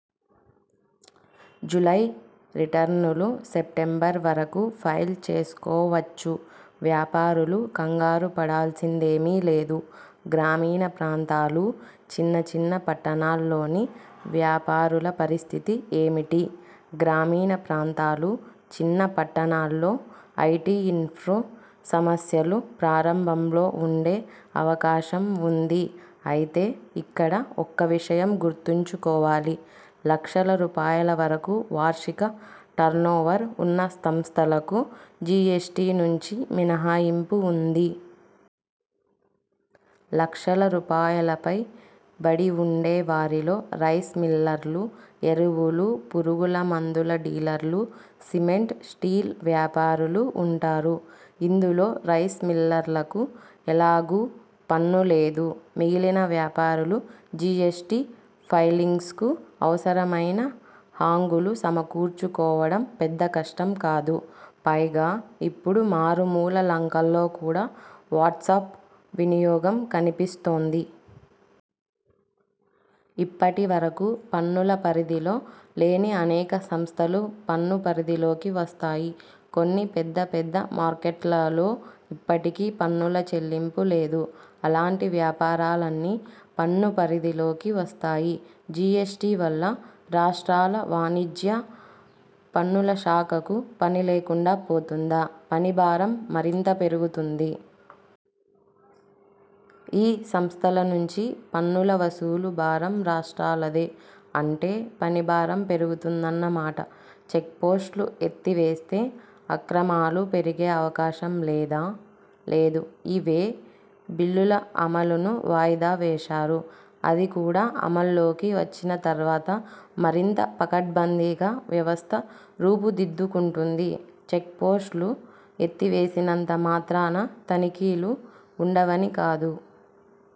July రిటర్నులు September వరకు file చేసుకోవచ్చు. వ్యాపారులు కంగారుపడాల్సిందేమీ లేదు. గ్రామీణప్రాంతాలు, చిన్న చిన్న పట్టణాల్లోని వ్యాపారుల పరిస్థితి ఏమిటీ? గ్రామీణ ప్రాంతాలు, చిన్న పట్టణాల్లో ఐటి ఇన్ఫ్రా సమస్యలు ప్రారంభంలో ఉండే అవకాశం ఉంది. అయితే ఇక్కడ ఒక్క విషయం గుర్తుంచుకోవాలి. లక్షల రూపాయల వరకు వార్షిక టర్నోవర్ ఉన్న సంస్థలకు జిఎస్టి నుంచి మినహాయింపు ఉంది. లక్షల రూపాయలపై బడి ఉండే వారిలో రైస్ మిల్లర్లు, ఎరువులు, పురుగుల మందుల డీలర్లు, సిమెంట్, స్టీల్ వ్యాపారులు ఉంటారు. ఇందులో రైస్ మిల్లర్లకు ఎలాగూ పన్ను లేదు. మిగిలిన వ్యాపారులు జిఎ్సటి ఫైలింగ్స్కు అవసరమైన హంగులు సమకూర్చుకోవడం పెద్దకష్టం కాదు. పైగా ఇప్పుడు మారుమూల లంకల్లో కూడా వాట్సప్ వినియోగం కనిపిస్తోంది. ఇప్పటి వరకు పన్నుల పరిధిలో లేని అనేక సంస్థలు పన్ను పరిధిలోకి వస్తాయి. కొన్ని పెద్ద పెద్ద మార్కెట్లలో ఇప్పటికీ పన్నుల చెల్లింపు లేదు. అలాంటి వ్యాపారాలన్నీ పన్ను పరిధిలోకి వస్తాయి. జిఎస్టి వల్ల రాష్ట్రాల వాణిజ్య పన్నుల శాఖకు పనిలేకుండా పోతుందా? పనిభారం మరింత పెరుగుతుంది. ఈ సంస్థల నుంచి పన్నుల వసూలు భారం రాష్ట్రాలదే. అంటే పని భారం పెరుగుతుందన్నమాట. చెక్పోస్ట్లు ఎత్తివేస్తే అక్రమాలు పెరిగే అవకాశం లేదా? లేదు. ఇ-వే బిల్లుల అమలును వాయిదా వేశారు. అది కూడా అమల్లోకి వచ్చిన తర్వాత మరింత పకడ్బందీగా వ్యవస్థ రూపుదిద్దుకుంటుంది. చెక్పోస్టులు ఎత్తివేసినంత మాత్రాన తనిఖీలు ఉండవని కాదు.